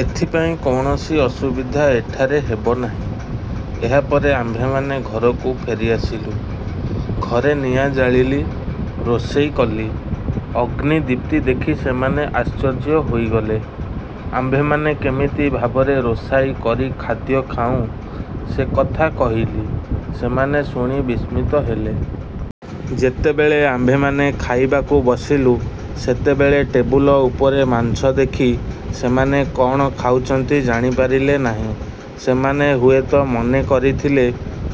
ଏଇଥିପାଇଁ କୌଣସି ଅସୁବିଧା ଏଠାରେ ହେବ ନାହିଁ। ଏହାପରେ ଆମ୍ଭେମାନେ ଘରକୁ ଫେରିଆସିଲୁଁ, ଘରେ ନିଆଁ ଜାଳିଲି, ରୋଷାଇ କଲି। ଅଗ୍ନି ଦୀପ୍ତି ଦେଖି ସେମାନେ ଆଶ୍ଚର୍ଯ୍ୟ ହୋଇଗଲେ। ଆମ୍ଭେମାନେ କେମିତି ଭାବରେ ରୋଷାଇ କରି ଖାଦ୍ୟ ଖାଉଁ ସେ କଥା କହିଲି। ସେମାନେ ଶୁଣି ବିସ୍ମିତ ହେଲେ। ଯେତେବେଳେ ଆମ୍ଭେମାନେ ଖାଇବାକୁ ବସିଲୁ, ସେତେବେଳେ ଟେବୁଲ ଉପରେ ମାଂସ ଦେଖି ସେମାନେ କ'ଣ ଖାଉଛନ୍ତି ଜାଣିପାରିଲେ ନାହିଁ। ସେମାନେ ହୁଏତ ମନେକରିଥିଲେ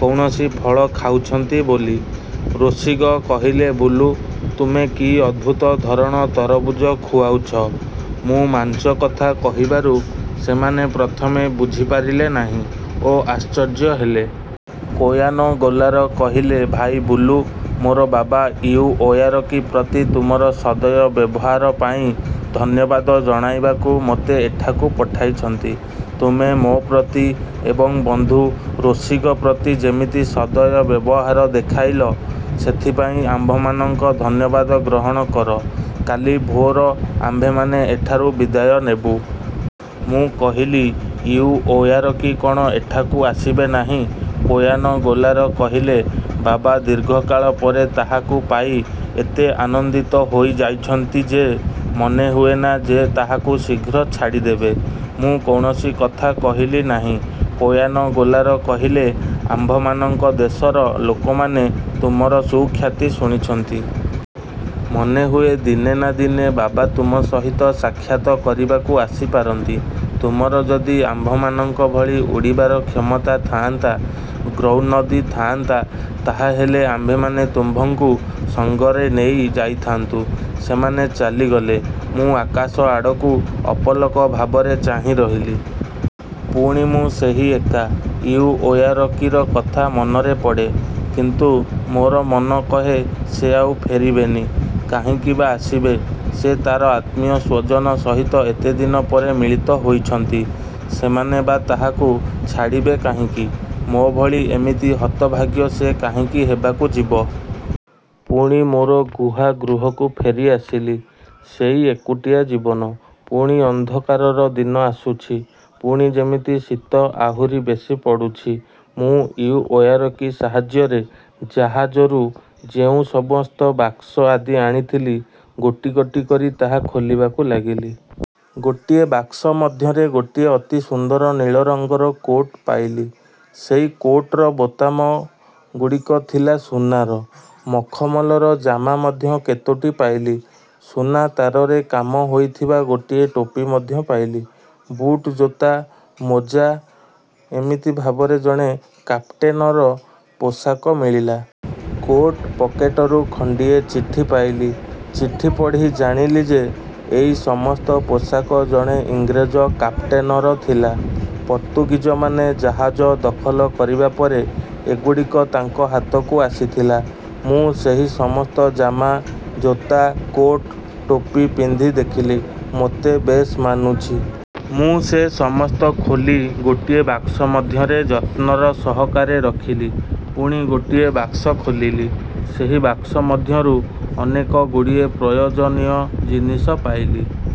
କୌଣସି ଫଳ ଖାଉଛନ୍ତି ବୋଲି। ରୋସିଗ କହିଲେ, ''ବୁଲୁ, ତୁମେ କି ଅଦ୍ଭୁତଧରଣ ତରବୁଜ ଖୁଆଉଛ? '' ମୁଁ ମାଂସ କଥା କହିବାରୁ ସେମାନେ ପ୍ରଥମେ ବୁଝିପାରିଲେ ନାହିଁ ଓ ଆଶ୍ଚର୍ଯ୍ୟ ହେଲେ-। କୋୟାନ ଗୋଲାର କହିଲେ, ଭାଇ ବୁଲୁ, ମୋର ବାବା ଇଉଓୟାରକି ପ୍ରତି ତୁମର ସଦୟ ବ୍ୟବହାରପାଇଁ ଧନ୍ୟବାଦ ଜଣାଇବାକୁ ମୋତେ ଏଠାକୁ ପଠାଇଛନ୍ତି। ତୁମେ ମୋ'ପ୍ରତି ଏବଂ ବନ୍ଧୁ ରୋସିଗ ପ୍ରତି ଯେମିତି ସଦୟ ବ୍ୟବହାର ଦେଖାଇଲ, ସେଥିପାଇଁ ଆମ୍ଭମାନଙ୍କ ଧନ୍ୟବାଦ ଗ୍ରହଣ କର। କାଲି ଭୋର ଆମ୍ଭେମାନେ ଏଠାରୁ ବିଦାୟ ନେବୁ। ମୁଁ କହିଲି, ଇଉଓୟାରକି କ'ଣ ଏଠାକୁ ଆସିବେ ନାହିଁ? କୋୟାନ ଗୋଲାର କହିଲେ, ''ବାବା ଦୀର୍ଘକାଳ ପରେ ତାହାକୁ ପାଇ ଏତେ ଆନନ୍ଦିତ ହୋଇଯାଇଛନ୍ତି ଯେ, ମନେହୁଏନା ଯେ ତାହାକୁ ଶୀଘ୍ର ଛାଡ଼ିଦେବେ। '' ମୁଁ କୌଣସି କଥା କହିଲି ନାହିଁ। କୋୟାନ ଗୋଲାର କହିଲେ, ''ଆମ୍ଭମାନଙ୍କ ଦେଶର ଲୋକମାନେ ତୁମର ସୁଖ୍ୟାତି ଶୁଣିଛନ୍ତି। ମନେହୁଏ ଦିନେ ନା ଦିନେ ବାବା ତୁମ ସହିତ ସାକ୍ଷାତ କରିବାକୁ ଆସିପାରନ୍ତି। ତୁମର ଯଦି ଆମ୍ଭମାନଙ୍କ ଭଳି ଉଡ଼ିବାର କ୍ଷମତା ଥାଆନ୍ତା, ଗ୍ରୌନଦି ଥାଆନ୍ତା, ତାହାହେଲେ ଆମ୍ଭେମାନେ ତୁମ୍ଭଙ୍କୁ ସଙ୍ଗରେ ନେଇ ଯାଇଥା'ନ୍ତୁ। ସେମାନେ ଚାଲିଗଲେ। ମୁଁ ଆକାଶ ଆଡ଼କୁ ଅପଲକ ଭାବରେ ଚାହିଁରହିଲି। ପୁଣି ମୁଁ ସେହି ଏକା। ଇଉଓୟାରକିର। କଥା ମନରେ ପଡ଼େ। କିନ୍ତୁ ମୋର ମନ କହେ ସେ ଆଉ ଫେରିବେନି। କାହିଁକି ବା ଆସିବେ? ସେ ତା'ର ଆତ୍ମୀୟସ୍ୱଜନ ସହିତ ଏତେଦିନ ପରେ ମିଳିତ ହୋଇଛନ୍ତି। ସେମାନେ ବା ତାହାକୁ ଛାଡ଼ିବେ କାହିଁକି? ମୋ'ଭାଳି ଏମିତି ହତଭାଗ୍ୟ ସେ କାହିଁକି ହେବାକୁ ଯିବ? ପୁଣି ମୋର ଗୁହା ଗୃହକୁ ଫେରିଆସିଲି। ସେଇ ଏକୁଟିଆ ଜୀବନ। ପୁଣି ଅନ୍ଧକାରର ଦିନ ଆସୁଛି। ପୁଣି ଯେମିତି ଶୀତ ଆହୁରି ବେଶି ପଡ଼ୁଛି। ମୁଁ ଇଉଓୟାରକି ସାହାଯ୍ୟରେ ଜାହାଜରୁ ଯେଉଁ ସମସ୍ତ ବାକ୍ସ ଆଦି ଆଣିଥିଲି, ଗୋଟି ଗୋଟି କରି ତାହା ଖୋଲିବାକୁ ଲାଗିଲି। ଗୋଟିଏ ବାକ୍ସ ମଧ୍ୟରେ ଗୋଟିଏ ଅତି ସୁନ୍ଦର ନୀଳରଙ୍ଗର କୋଟ୍ ପାଇଲି। ସେଇ କୋଟ୍ର ବୋତାମଗୁଡ଼ିକ ଥିଲା ସୁନାର। ମଖମଲର ଜାମା ମଧ୍ୟ କେତୋଟି ପାଇଲି। ସୁନା ତାରରେ କାମ ହୋଇଥିବା ଗୋଟିଏ ଟୋପି ମଧ୍ୟ ପାଇଲି। ବୁଟ୍ ଜୋତା, ମୋଜା-ଏମିତି ଭାବରେ ଜଣେ କାପ୍ଟେନର ପୋଷାକ ମିଳିଲା। କୋଟ୍ ପକେଟରୁ ଖଣ୍ଡିଏ ଚିଠି ପାଇଲି, ଚିଠି ପଢ଼ି ଜାଣିଲି ଯେ, ଏଇ ସମସ୍ତ ପୋଷାକ ଜଣେ ଇଂରେଜ କାପ୍ଟେନର ଥିଲା। ପର୍ତ୍ତୁଗୀଜମାନେ ଜାହାଜ ଦଖଲ କରିବା ପରେ ଏଗୁଡ଼ିକ ତାଙ୍କ ହାତକୁ ଆସିଥିଲା। ମୁଁ ସେହି ସମସ୍ତ ଜାମା, ଜୋତା, କୋଟ୍, ଟୋପି ପିନ୍ଧି ଦେଖିଲି, ମୋତେ ବେଶ୍ ମାନୁଛି। ମୁଁ ସେ ସମସ୍ତ ଖୋଲି ଗୋଟିଏ ବାକ୍ସ ମଧ୍ୟରେ ଯତ୍ନର ସହକାରେ ରଖିଲି। ପୁଣି ଗୋଟିଏ ବାକ୍ସ ଖୋଲିଲି। ସେହି ବାକ୍ସ ମଧ୍ୟରୁ ଅନେକଗୁଡ଼ିଏ ପ୍ରୟୋଜନୀୟ ଜିନିଷ ପାଇଲି।